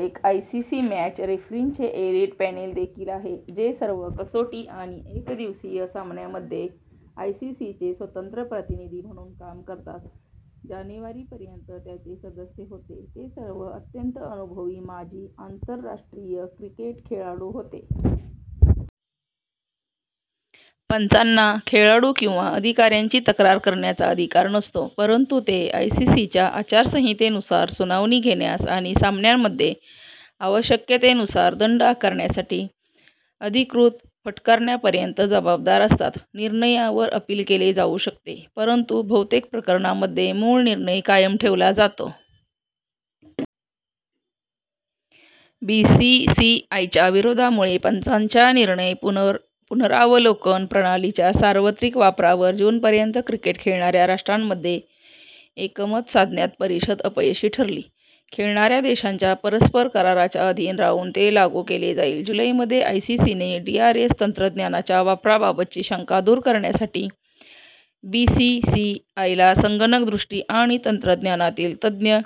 एक ICC match रेफरींचे elite panel देखील आहे जे सर्व कसोटी आणि एकदिवसीय सामन्यांमध्ये आयसीसीचे स्वतंत्र प्रतिनिधी म्हणून काम करतात. जानेवारी पर्यंत, त्याचे सदस्य होते, ते सर्व अत्यंत अनुभवी माजी आंतरराष्ट्रीय क्रिकेट खेळाडू होते. पंचांना खेळाडू किंवा अधिकाऱ्यांची तक्रार करण्याचा अधिकार नसतो, परंतु ते आयसीसीच्या आचारसंहितेनुसार सुनावणी घेण्यास आणि सामन्यांमध्ये आवश्यकतेनुसार दंड आकारण्यासाठी, अधिकृत फटकारण्यापर्यंत जबाबदार असतात. निर्णयांवर अपील केले जाऊ शकते, परंतु बहुतेक प्रकरणांमध्ये मूळ निर्णय कायम ठेवला जातो. बीसीसीआयच्या विरोधामुळे पंचांच्या निर्णय पुनरावलोकन प्रणालीच्या सार्वत्रिक वापरावर जून पर्यंत क्रिकेट खेळणाऱ्या राष्ट्रांमध्ये एकमत साधण्यात परिषद अपयशी ठरली. खेळणाऱ्या देशांच्या परस्पर कराराच्या अधीन राहून ते लागू केले जाईल. जुलै मध्ये, आयसीसीने डीआरएस तंत्रज्ञानाच्या वापराबाबतची शंका दूर करण्यासाठी बीसीसीआयला संगणक दृष्टी आणि तंत्रज्ञानातील तज्ञ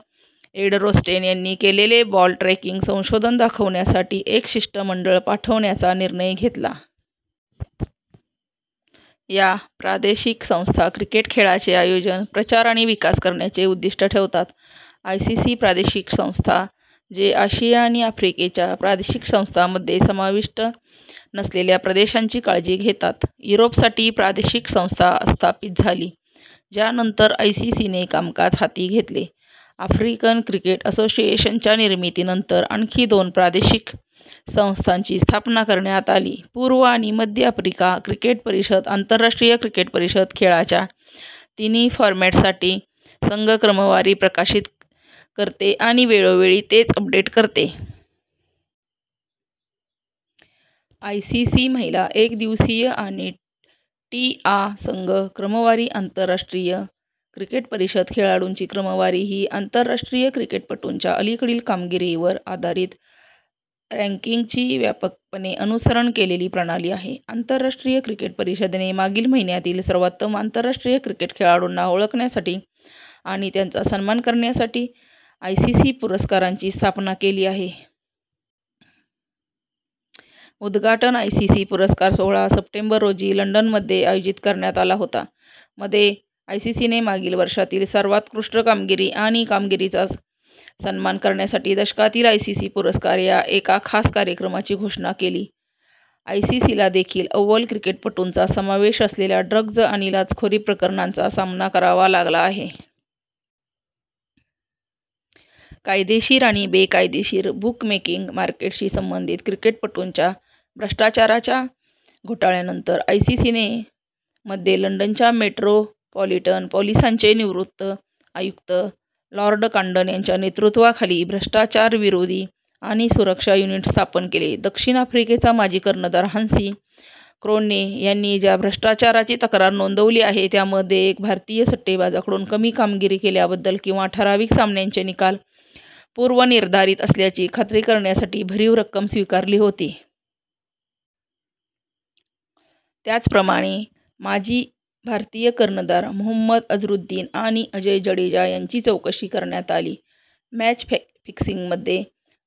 एड रोस्टेन यांनी केलेले बॉल ट्रॅकिंग संशोधन दाखवण्यासाठी एक शिष्टमंडळ पाठवण्याचा निर्णय घेतला.। या प्रादेशिक संस्था क्रिकेट खेळाचे आयोजन, प्रचार आणि विकास करण्याचे उद्दिष्ट ठेवतात: आयसीसी प्रादेशिक संस्था जे आशिया आणि आफ्रिकेच्या प्रादेशिक संस्थांमध्ये समाविष्ट नसलेल्या प्रदेशांची काळजी घेतात: युरोपसाठी प्रादेशिक संस्था अस्थापित झाली ज्यानंतर आयसीसीने कामकाज हाती घेतले: आफ्रिकन क्रिकेट असोसिएशनच्या निर्मितीनंतर आणखी दोन प्रादेशिक संस्थांची स्थापना करण्यात आली: पूर्व आणि मध्य आफ्रिका क्रिकेट परिषद आंतरराष्ट्रीय क्रिकेट परिषद खेळाच्या तिन्ही फॉरमॅटसाठी संघ क्रमवारी प्रकाशित करते आणि वेळोवेळी तेच अपडेट करते. आयसीसी महिला एकदिवसीय आणि टी आ संघ क्रमवारी आंतरराष्ट्रीय क्रिकेट परिषद खेळाडूंची क्रमवारी ही आंतरराष्ट्रीय क्रिकेटपटूंच्या अलीकडील कामगिरीवर आधारित रँकिंगची व्यापकपणे अनुसरण केलेली प्रणाली आहे. आंतरराष्ट्रीय क्रिकेट परिषदेने मागील महिन्यांतील सर्वोत्तम आंतरराष्ट्रीय क्रिकेट खेळाडूंना ओळखण्यासाठी आणि त्यांचा सन्मान करण्यासाठी आयसीसी पुरस्कारां ची स्थापना केली आहे. उद्घाटन आयसीसी पुरस्कार सोहळा सप्टेंबर रोजी लंडनमध्ये आयोजित करण्यात आला होता. मध्ये, आयसीसीने मागील वर्षांतील सर्वोत्कृष्ट कामगिरी आणि कामगिरीचा सन्मान करण्यासाठी दशकातील आयसीसी पुरस्कार या एका खास कार्यक्रमाची घोषणा केली. आयसीसीला देखील अव्वल क्रिकेटपटूंचा समावेश असलेल्या ड्रग्ज आणि लाचखोरी प्रकरणांचा सामना करावा लागला आहे. कायदेशीर आणि बेकायदेशीर बुकमेकिंग मार्केटशी संबंधित क्रिकेटपटूंच्या भ्रष्टाचाराच्या घोटाळ्यांनंतर, आयसीसीने मध्ये लंडनच्या मेट्रोपॉलिटन पोलिसांचे निवृत्त आयुक्त, लॉर्ड कांडन यांच्या नेतृत्वाखाली भ्रष्टाचारविरोधी आणि सुरक्षा युनिट स्थापन केले. दक्षिण आफ्रिकेचा माजी कर्णधार हान्सी क्रोन्ये यांनी ज्या भ्रष्टाचाराची तक्रार नोंदवली आहे त्यामध्ये एक भारतीय सट्टेबाजाकडून कमी कामगिरी केल्याबद्दल किंवा ठराविक सामन्यांचे निकाल पूर्वनिर्धारित असल्याची खात्री करण्यासाठी भरीव रक्कम स्वीकारली होती. त्याचप्रमाणे, माजी भारतीय कर्णधार मोहम्मद अझरुद्दीन आणि अजय जडेजा यांची चौकशी करण्यात आली, मॅच फिक्सिंगमध्ये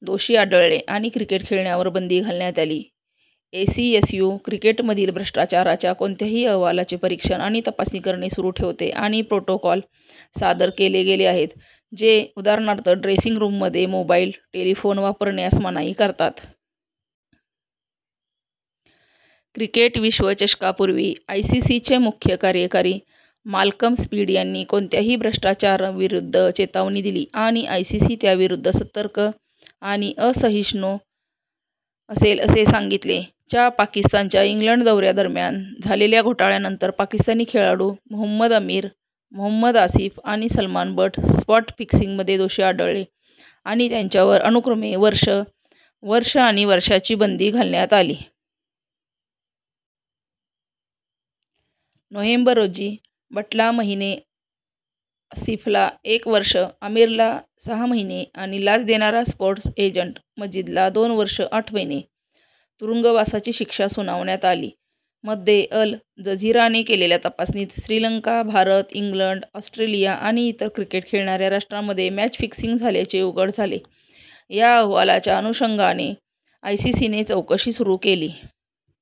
दोषी आढळले आणि क्रिकेट खेळण्यावर बंदी घालण्यात आली. एसीएसयू क्रिकेटमधील भ्रष्टाचाराच्या कोणत्याही अहवालाचे परीक्षण आणि तपासणी करणे सुरू ठेवते आणि प्रोटोकॉल सादर केले गेले आहेत, जे उदाहरणार्थ ड्रेसिंग रूममध्ये मोबाईल टेलिफोन वापरण्यास मनाई करतात. क्रिकेट विश्वचषकापूर्वी, आयसीसीचे मुख्य कार्यकारी माल्कम स्पीड यांनी कोणत्याही भ्रष्टाचाराविरुद्ध चेतावणी दिली आणि आयसीसी त्याविरुद्ध सतर्क आणि असहिष्णु असेल असे सांगितले. च्या पाकिस्तानच्या इंग्लंड दौऱ्यादरम्यान झालेल्या घोटाळ्यानंतर, पाकिस्तानी खेळाडू, मोहम्मद अमीर, मोहम्मद आसिफ आणि सलमान बट स्पॉट-फिक्सिंगमध्ये दोषी आढळले आणि त्यांच्यावर अनुक्रमे वर्षे, वर्षे आणि वर्षांची बंदी घालण्यात आली. नोव्हेंबर रोजी, बटला महिने, आसिफला एक वर्ष, अमीरला सहा महिने आणि लाच देणारा स्पोर्ट्स एजंट मजीदला दोन वर्षे आठ महिने तुरुंगवासाची शिक्षा सुनावण्यात आली. मध्ये, अल जझीराने केलेल्या तपासणीत श्रीलंका, भारत, इंग्लंड, ऑस्ट्रेलिया आणि इतर क्रिकेट खेळणाऱ्या राष्ट्रांमध्ये मॅच फिक्सिंग झाल्याचे उघड झाले. या अहवालाच्या अनुषंगाने आयसीसीने चौकशी सुरू केली.